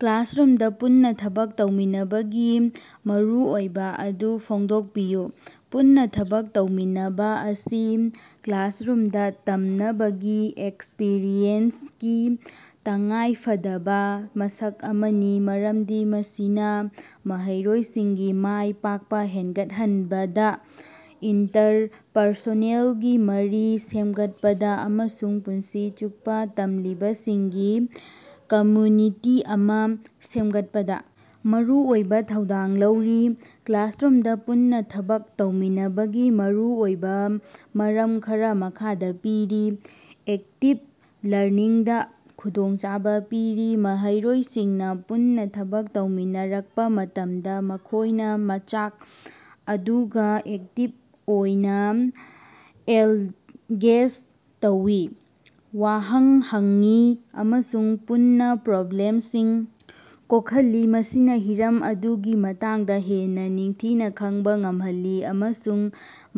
ꯀ꯭ꯂꯥꯁꯔꯨꯝꯗ ꯄꯨꯟꯅ ꯊꯕꯛ ꯇꯧꯃꯤꯟꯅꯕꯒꯤ ꯃꯔꯨꯑꯣꯏꯕ ꯑꯗꯨ ꯐꯣꯡꯗꯣꯛꯄꯤꯌꯨ꯫ ꯄꯨꯟꯅ ꯊꯕꯛ ꯇꯧꯃꯤꯟꯅꯕ ꯑꯁꯤ ꯀ꯭ꯂꯥꯁꯔꯨꯝꯗ ꯇꯝꯅꯕꯒꯤ ꯑꯦꯛꯁꯄꯤꯔꯤꯌꯦꯟꯁꯀꯤ ꯇꯉꯥꯏꯐꯗꯕ ꯃꯁꯛ ꯑꯃꯅꯤ꯫ ꯃꯔꯝꯗꯤ ꯃꯁꯤꯅ ꯃꯍꯩꯔꯣꯏꯁꯤꯡꯒꯤ ꯃꯥꯏ ꯄꯥꯛꯄ ꯍꯦꯟꯒꯠꯍꯟꯕꯗ, ꯏꯟꯇꯔꯄꯔꯁꯣꯅꯦꯜꯒꯤ ꯃꯔꯤ ꯁꯦꯝꯒꯠꯄꯗ ꯑꯃꯁꯨꯡ ꯄꯨꯟꯁꯤ ꯆꯨꯞꯄ ꯇꯝꯂꯤꯕꯁꯤꯡꯒꯤ ꯀꯝꯃ꯭ꯌꯨꯅꯤꯇꯤ ꯑꯃ ꯁꯦꯝꯒꯠꯄꯗ ꯃꯔꯨꯑꯣꯏꯕ ꯊꯧꯗꯥꯡ ꯂꯧꯔꯤ꯫ ꯀ꯭ꯂꯥꯁꯔꯨꯝꯗ ꯄꯨꯟꯅ ꯊꯕꯛ ꯇꯧꯃꯤꯟꯅꯕꯒꯤ ꯃꯔꯨꯑꯣꯏꯕ ꯃꯔꯝ ꯈꯔ ꯃꯈꯥꯗ ꯄꯤꯔꯤ:- ꯑꯦꯛꯇꯤꯚ ꯂꯔꯅꯤꯡꯗ ꯈꯨꯗꯣꯡꯆꯥꯕ ꯄꯤꯔꯤ: ꯃꯍꯩꯔꯣꯏꯁꯤꯡꯅ ꯄꯨꯟꯅ ꯊꯕꯛ ꯇꯧꯃꯤꯟꯅꯔꯛꯄ ꯃꯇꯝꯗ ꯃꯈꯣꯏꯅ ꯃꯆꯥꯛ ꯑꯗꯨꯒ ꯑꯦꯛꯇꯤꯚ ꯑꯣꯏꯅ ꯑꯦꯜꯒꯦꯖ ꯇꯧꯏ꯫ ꯋꯥꯍꯪ ꯍꯪꯉꯤ ꯑꯃꯁꯨꯡ ꯄꯨꯟꯅ ꯄ꯭ꯔꯣꯕ꯭ꯂꯦꯝꯁꯤꯡ ꯀꯣꯛꯍꯜꯂꯤ꯫ ꯃꯁꯤꯅ ꯍꯤꯔꯝ ꯑꯗꯨꯒꯤ ꯃꯇꯥꯡꯗ ꯍꯦꯟꯅ ꯅꯤꯡꯊꯤꯅ ꯈꯪꯕ ꯉꯝꯍꯜꯂꯤ ꯑꯃꯁꯨꯡ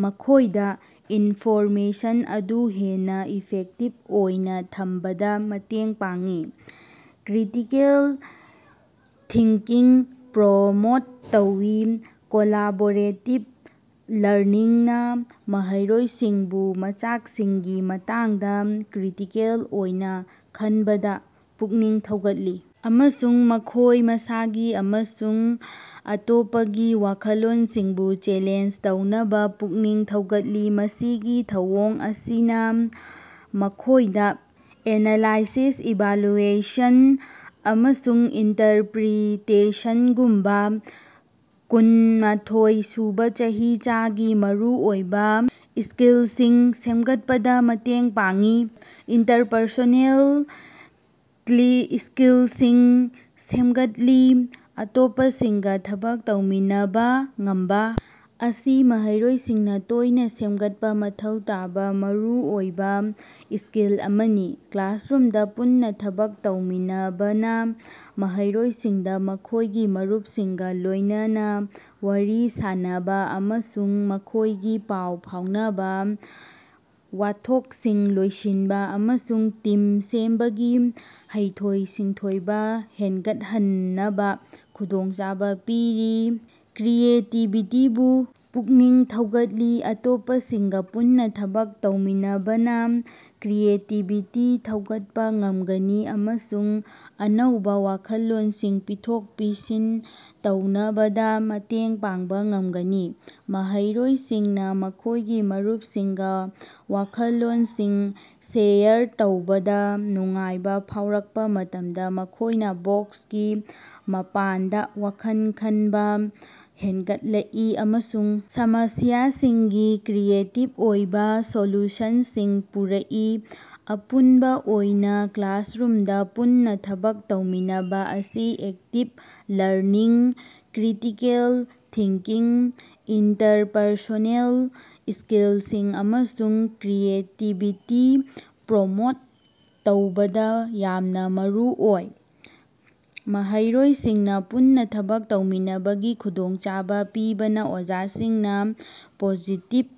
ꯃꯈꯣꯏꯗ ꯏꯟꯐꯣꯔꯃꯦꯁꯟ ꯑꯗꯨ ꯍꯦꯟꯅ ꯏꯐꯦꯛꯇꯤꯚ ꯑꯣꯏꯅ ꯊꯝꯕꯗ ꯃꯇꯦꯡ ꯄꯥꯡꯉꯤ꯫ ꯀ꯭ꯔꯤꯇꯤꯀꯦꯜ ꯊꯤꯡꯀꯤꯡ ꯄ꯭ꯔꯣꯃꯣꯠ ꯇꯧꯏ: ꯀꯣꯂꯥꯕꯣꯔꯦꯇꯤꯚ ꯂꯔꯅꯤꯡꯅ ꯃꯍꯩꯔꯣꯏꯁꯤꯡꯕꯨ ꯃꯆꯥꯛꯁꯤꯡꯒꯤ ꯃꯇꯥꯡꯗ ꯀ꯭ꯔꯤꯇꯤꯀꯦꯜ ꯑꯣꯏꯅ ꯈꯟꯕꯗ ꯄꯨꯛꯅꯤꯡ ꯊꯧꯒꯠꯂꯤ ꯑꯃꯁꯨꯡ ꯃꯈꯣꯏ ꯃꯁꯥꯒꯤ ꯑꯃꯁꯨꯡ ꯑꯇꯣꯞꯄꯒꯤ ꯋꯥꯈꯜꯂꯣꯟꯁꯤꯡꯕꯨ ꯆꯦꯂꯦꯟꯖ ꯇꯧꯅꯕ ꯄꯨꯛꯅꯤꯡ ꯊꯧꯒꯠꯂꯤ꯫ ꯃꯁꯤꯒꯤ ꯊꯧꯑꯣꯡ ꯑꯁꯤꯅ ꯃꯈꯣꯏꯗ ꯑꯦꯅꯂꯥꯏꯁꯤꯁ, ꯏꯚꯥꯂꯨꯑꯦꯁꯟ ꯑꯃꯁꯨꯡ ꯏꯟꯇꯔꯄ꯭ꯔꯤꯇꯦꯁꯟꯒꯨꯝꯕ ꯀꯨꯟꯃꯊꯣꯏ ꯁꯨꯕ ꯆꯍꯤꯆꯥꯒꯤ ꯃꯔꯨꯑꯣꯏꯕ ꯁ꯭ꯀꯤꯜꯁꯤꯡ ꯁꯦꯝꯒꯠꯄꯗ ꯃꯇꯦꯡ ꯄꯥꯡꯉꯤ꯫ ꯏꯟꯇꯔꯄꯔꯁꯣꯅꯦꯜ ꯀ꯭ꯂꯤ ꯁ꯭ꯀꯤꯜꯁꯤꯡ ꯁꯦꯝꯒꯠꯂꯤ: ꯑꯇꯣꯞꯄꯁꯤꯡꯒ ꯊꯕꯛ ꯇꯧꯃꯤꯟꯅꯕ ꯉꯝꯕ ꯑꯁꯤ ꯃꯍꯩꯔꯣꯏꯁꯤꯡꯅ ꯇꯣꯏꯅ ꯁꯦꯝꯒꯠꯄ ꯃꯊꯧ ꯇꯥꯕ ꯃꯔꯨꯑꯣꯏꯕ ꯁ꯭ꯀꯤꯜ ꯑꯃꯅꯤ꯫ ꯀ꯭ꯂꯥꯁꯔꯨꯝꯗ ꯄꯨꯟꯅ ꯊꯕꯛ ꯇꯧꯃꯤꯟꯅꯕꯅ ꯃꯍꯩꯔꯣꯏꯁꯤꯡꯗ ꯃꯈꯣꯏꯒꯤ ꯃꯔꯨꯞꯁꯤꯡꯒ ꯂꯣꯏꯅꯅ ꯋꯥꯔꯤ ꯁꯥꯟꯅꯕ ꯑꯃꯁꯨꯡ ꯃꯈꯣꯏꯒꯤ ꯄꯥꯎ ꯐꯥꯎꯅꯕ, ꯋꯥꯊꯣꯛꯁꯤꯡ ꯂꯣꯏꯁꯤꯟꯕ ꯑꯃꯁꯨꯡ ꯇꯤꯝ ꯁꯦꯝꯕꯒꯤ ꯍꯩꯊꯣꯏ-ꯁꯤꯡꯊꯣꯏꯕ ꯍꯦꯟꯒꯠꯍꯟꯅꯕ ꯈꯨꯗꯣꯡꯆꯥꯕ ꯄꯤꯔꯤ꯫ ꯀ꯭ꯔꯤꯌꯦꯇꯤꯚꯤꯇꯤꯕꯨ ꯄꯨꯛꯅꯤꯡ ꯊꯧꯒꯠꯂꯤ: ꯑꯇꯣꯞꯄꯁꯤꯡꯒ ꯄꯨꯟꯅ ꯊꯕꯛ ꯇꯧꯃꯤꯟꯅꯕꯅ ꯀ꯭ꯔꯤꯌꯦꯇꯤꯚꯤꯇꯤ ꯊꯧꯒꯠꯄ ꯉꯝꯒꯅꯤ ꯑꯃꯁꯨꯡ ꯑꯅꯧꯕ ꯋꯥꯈꯜꯂꯣꯟꯁꯤꯡ ꯄꯤꯊꯣꯛ-ꯄꯤꯁꯤꯟ ꯇꯧꯅꯕꯗ ꯃꯇꯦꯡ ꯄꯥꯡꯕ ꯉꯝꯒꯅꯤ꯫ ꯃꯍꯩꯔꯣꯏꯁꯤꯡꯅ ꯃꯈꯣꯏꯒꯤ ꯃꯔꯨꯞꯁꯤꯡꯒ ꯋꯥꯈꯜꯂꯣꯟꯁꯤꯡ ꯁꯦꯌꯔ ꯇꯧꯕꯗ ꯅꯨꯡꯉꯥꯏꯕ ꯐꯥꯎꯔꯛꯄ ꯃꯇꯝꯗ ꯃꯈꯣꯏꯅ ꯕꯣꯛꯁꯀꯤ ꯃꯄꯥꯟꯗ ꯋꯥꯈꯜ ꯈꯟꯕ ꯍꯦꯟꯒꯠꯂꯛꯏ ꯑꯃꯁꯨꯡ ꯁꯃꯁ꯭ꯌꯥꯁꯤꯡꯒꯤ ꯀ꯭ꯔꯤꯌꯦꯇꯤꯚ ꯑꯣꯏꯕ ꯁꯣꯂ꯭ꯌꯨꯁꯟꯁꯤꯡ ꯄꯨꯔꯛꯏ꯫ ꯑꯄꯨꯟꯕ ꯑꯣꯏꯅ, ꯀ꯭ꯂꯥꯁꯔꯨꯝꯗ ꯄꯨꯟꯅ ꯊꯕꯛ ꯇꯧꯃꯤꯟꯅꯕ ꯑꯁꯤ active learning, critical thinking, interpersonal ꯁ꯭ꯀꯤꯜꯁꯤꯡ ꯑꯃꯁꯨꯡ ꯀ꯭ꯔꯤꯌꯦꯇꯤꯚꯤꯇꯤ ꯄ꯭ꯔꯣꯃꯣꯠ ꯇꯧꯕꯗ ꯌꯥꯝꯅ ꯃꯔꯨꯑꯣꯏ꯫ ꯃꯍꯩꯔꯣꯏꯁꯤꯡꯅ ꯄꯨꯟꯅ ꯊꯕꯛ ꯇꯧꯃꯤꯟꯅꯕꯒꯤ ꯈꯨꯗꯣꯡꯆꯥꯕ ꯄꯤꯕꯅ ꯑꯣꯖꯥꯁꯤꯡꯅ ꯄꯣꯖꯤꯇꯤꯚ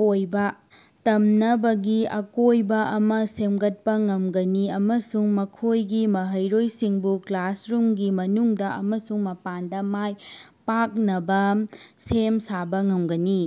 ꯑꯣꯏꯕ ꯇꯝꯅꯕꯒꯤ ꯑꯀꯣꯏꯕ ꯑꯃ ꯁꯦꯝꯒꯠꯄ ꯉꯝꯒꯅꯤ ꯑꯃꯁꯨꯡ ꯃꯈꯣꯏꯒꯤ ꯃꯍꯩꯔꯣꯏꯁꯤꯡꯕꯨ ꯀ꯭ꯂꯥꯁꯔꯨꯝꯒꯤ ꯃꯅꯨꯡꯗ ꯑꯃꯁꯨꯡ ꯃꯄꯥꯟꯗ ꯃꯥꯏ ꯄꯥꯛꯅꯕ ꯁꯦꯝ ꯁꯥꯕ ꯉꯝꯒꯅꯤ꯫